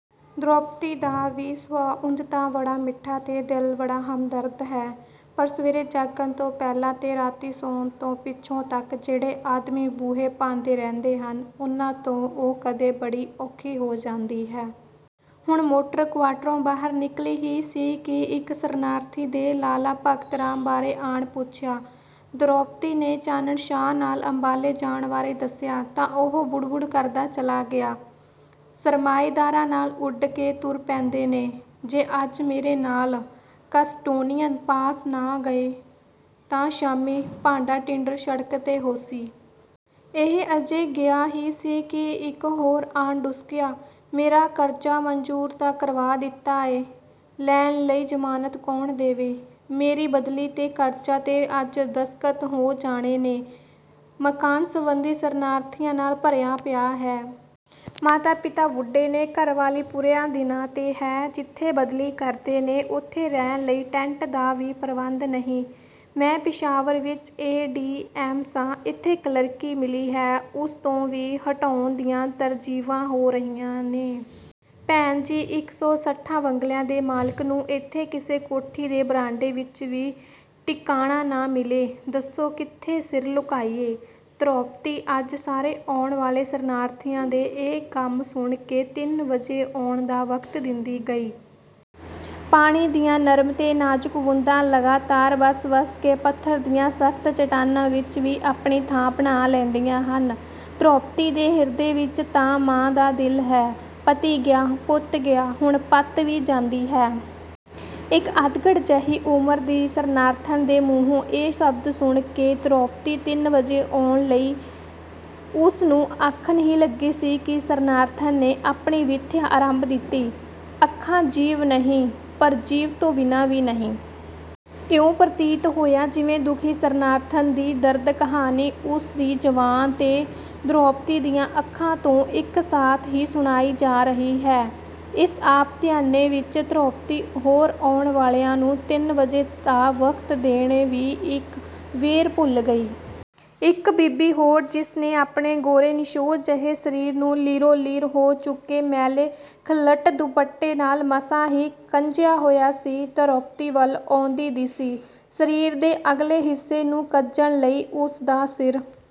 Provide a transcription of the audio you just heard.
ਧਰੋਪਤੀ ਦਾ ਵੀ ਸੁਭਾਅ ਉਂਜ ਤਾਂ ਬੜਾ ਮਿੱਠਾ ਤੇ ਦਿਲ ਬੜਾ ਹਮਦਰਦ ਹੈ, ਪਰ ਸਵੇਰੇ ਜਾਗਣ ਤੋਂ ਪਹਿਲਾਂ ਤੇ ਰਾਤੀਂ ਸੌਂ ਜਾਣ ਤੋਂ ਪਿੱਛੋਂ ਤੱਕ ਜਿਹੜੇ ਆਦਮੀ ਬੂਹੇ ਭੰਨਦੇ ਰਹਿੰਦੇ ਹਨ, ਉਨ੍ਹਾਂ ਤੋਂ ਉਹ ਕਦੇ ਬੜੀ ਔਖੀ ਹੋ ਜਾਂਦੀ ਹੈ। ਹੁਣ ਮੋਟਰ ਕੁਆਰਟਰੋਂ ਬਾਹਰ ਨਿਕਲੀ ਹੀ ਸੀ ਕਿ ਇੱਕ ਸ਼ਰਨਾਰਥੀ ਨੇ ਲਾਲਾ ਭਗਤ ਰਾਮ ਬਾਰੇ ਆਣ ਪੁੱਛਿਆ। ਧਰੋਪਤੀ ਨੇ ਚਾਨਣ ਸ਼ਾਹ ਨਾਲ ਅੰਬਾਲੇ ਜਾਣ ਬਾਰੇ ਦੱਸਿਆ ਤਾਂ ਉਹ ਬੁੜ-ਬੁੜ ਕਰਦਾ ਚਲਾ ਗਿਆ। "ਸਰਮਾਏਦਾਰਾਂ ਨਾਲ ਉਡ ਕੇ ਤੁਰ ਪੈਂਦੇ ਨੇ, ਜੇ ਅੱਜ ਮੇਰੇ ਨਾਲ ਕਸਟੋਡੀਅਨ ਪਾਸ ਨਾ ਗਏ ਤਾਂ ਸ਼ਾਮੀਂ ਭਾਂਡਾ-ਟਿੰਡਰ ਸੜਕ 'ਤੇ ਹੋਸੀ।" ਇਹ ਅਜੇ ਗਿਆ ਹੀ ਸੀ ਕਿ ਇੱਕ ਹੋਰ ਆਣ ਡੁਸਕਿਆ। "ਮੇਰਾ ਕਰਜ਼ਾ ਮਨਜ਼ੂਰ ਤਾਂ ਕਰਵਾ ਦਿੱਤਾ ਏ, ਲੈਣ ਲਈ ਜ਼ਮਾਨਤ ਕੌਣ ਦੇਵੇ?" ਮੇਰੀ ਬਦਲੀ ਦੇ ਕਾਗਜ਼ਾਂ 'ਤੇ ਅੱਜ ਦਸਤਖਤ ਹੋ ਜਾਣੇ ਨੇ, ਮਕਾਨ ਸਬੰਧੀ ਸ਼ਰਨਾਰਥੀਆਂ ਨਾਲ ਭਰਿਆ ਪਿਆ ਹੈ। ਮਾਤਾ-ਪਿਤਾ ਬੁੱਢੇ ਨੇ, ਘਰ ਵਾਲੀ ਪੂਰਿਆਂ ਦਿਨਾਂ 'ਤੇ ਹੈ, ਜਿੱਥੇ ਬਦਲੀ ਕਰਦੇ ਨੇ, ਉਥੇ ਰਹਿਣ ਲਈ ਟੈਂਟ ਦਾ ਵੀ ਪ੍ਰਬੰਧ ਨਹੀਂ। "ਮੈਂ ਪਿਸ਼ਾਵਰ ਵਿੱਚ ਏ. ਡੀ. ਐਮ. ਸਾਂ, ਇੱਥੇ ਕਲਰਕੀ ਮਿਲੀ ਹੈ, ਉਸ ਤੋਂ ਵੀ ਹਟਾਉਣ ਦੀਆਂ ਤਜਵੀਜ਼ਾਂ ਹੋ ਰਹੀਆਂ ਨੇ।" ਭੈਣ ਜੀ, ਇਕ ਸੌ ਸੱਠਾਂ ਬੰਗਲਿਆਂ ਦੇ ਮਾਲਕ ਨੂੰ ਇੱਥੇ ਕਿਸੇ ਕੋਠੀ ਦੇ ਬਰਾਂਡੇ ਵਿੱਚ ਵੀ ਟਿਕਾਣਾ ਨਾ ਮਿਲੇ, ਦੱਸੋ ਕਿੱਥੇ ਸਿਰ ਲੁਕਾਈਏ? ਧਰੋਪਤੀ ਅੱਜ ਸਾਰੇ ਆਉਣ ਵਾਲੇ ਸ਼ਰਨਾਰਥੀਆਂ ਦੇ ਇਹ ਕੰਮ ਸੁਣ ਕੇ ਤਿੰਨ ਵਜੇ ਆਉਣ ਦਾ ਵਕਤ ਦਿੰਦੀ ਗਈ। ਪਾਣੀ ਦੀਆਂ ਨਰਮ ਤੇ ਨਾਜ਼ੁਕ ਬੂੰਦਾਂ ਲਗਾਤਾਰ ਵਸ-ਵਸ ਕੇ ਪੱਥਰ ਦੀਆਂ ਸਖਤ ਚੱਟਾਨਾਂ ਵਿੱਚ ਵੀ ਆਪਣੀ ਥਾਂ ਬਣਾ ਲੈਂਦੀਆਂ ਹਨ। ਧਰੋਪਤੀ ਦੇ ਹਿਰਦੇ ਵਿੱਚ ਤਾਂ ਮਾਂ ਦਾ ਦਿਲ ਹੈ। "ਪਤੀ ਗਿਆ, ਪੁੱਤ ਗਿਆ, ਹੁਣ ਪਤ ਵੀ ਜਾਂਦੀ ਹੈ।" ਇੱਕ ਅੱਧਖੜ੍ਹ ਜਿਹੀ ਉਮਰ ਦੀ ਸ਼ਰਨਾਰਥਣ ਦੇ ਮੂੰਹੋਂ ਇਹ ਸ਼ਬਦ ਸੁਣ ਕੇ ਧਰੋਪਤੀ ਤਿੰਨ ਵਜੇ ਆਉਣ ਲਈ ਉਸ ਨੂੰ ਆਖਣ ਹੀ ਲੱਗੀ ਸੀ ਕਿ ਸ਼ਰਨਾਰਥਣ ਨੇ ਆਪਣੀ ਵਿੱਥਿਆ ਅਰੰਭ ਦਿੱਤੀ। ਅੱਖਾਂ ਜੀਭ ਨਹੀਂ, ਪਰ ਜੀਭ ਤੋਂ ਬਿਨਾਂ ਵੀ ਨਹੀਂ। ਇਉਂ ਪ੍ਰਤੀਤ ਹੋਇਆ ਜਿਵੇਂ ਦੁਖੀ ਸ਼ਰਨਾਰਥਣ ਦੀ ਦਰਦ ਕਹਾਣੀ ਉਸ ਦੀ ਜ਼ੁਬਾਨ ਤੇ ਧਰੋਪਤੀ ਦੀਆਂ ਅੱਖਾਂ ਤੋਂ ਇੱਕ ਸਾਥ ਹੀ ਸੁਣਾਈ ਜਾ ਰਹੀ ਹੈ। ਇਸ ਆਪ ਧਿਆਨੇ ਵਿੱਚ ਧਰੋਪਤੀ ਹੋਰ ਆਉਣ ਵਾਲਿਆਂ ਨੂੰ ਤਿੰਨ ਵਜੇ ਦਾ ਵਕਤ ਦੇਣੇ ਵੀ ਇੱਕ ਵੇਰ ਭੁੱਲ ਗਈ। ਇੱਕ ਬੀਬੀ ਹੋਰ ਜਿਸ ਨੇ ਆਪਣੇ ਗੋਰੇ ਨਿਛੋਹ ਜਿਹੇ ਸਰੀਰ ਨੂੰ ਲੀਰੋ-ਲੀਰ ਹੋ ਚੁੱਕੇ ਮੈਲੇ ਖਲੱਟ ਦੁਪੱਟੇ ਨਾਲ ਮਸਾਂ ਹੀ ਕੱਜਿਆ ਹੋਇਆ ਸੀ, ਧਰੋਪਤੀ ਵੱਲ ਆਉਂਦੀ ਦਿਸੀ। ਸਰੀਰ ਦੇ ਅਗਲੇ ਹਿੱਸੇ ਨੂੰ ਕੱਜਣ ਲਈ ਉਸ ਦਾ ਸਿਰ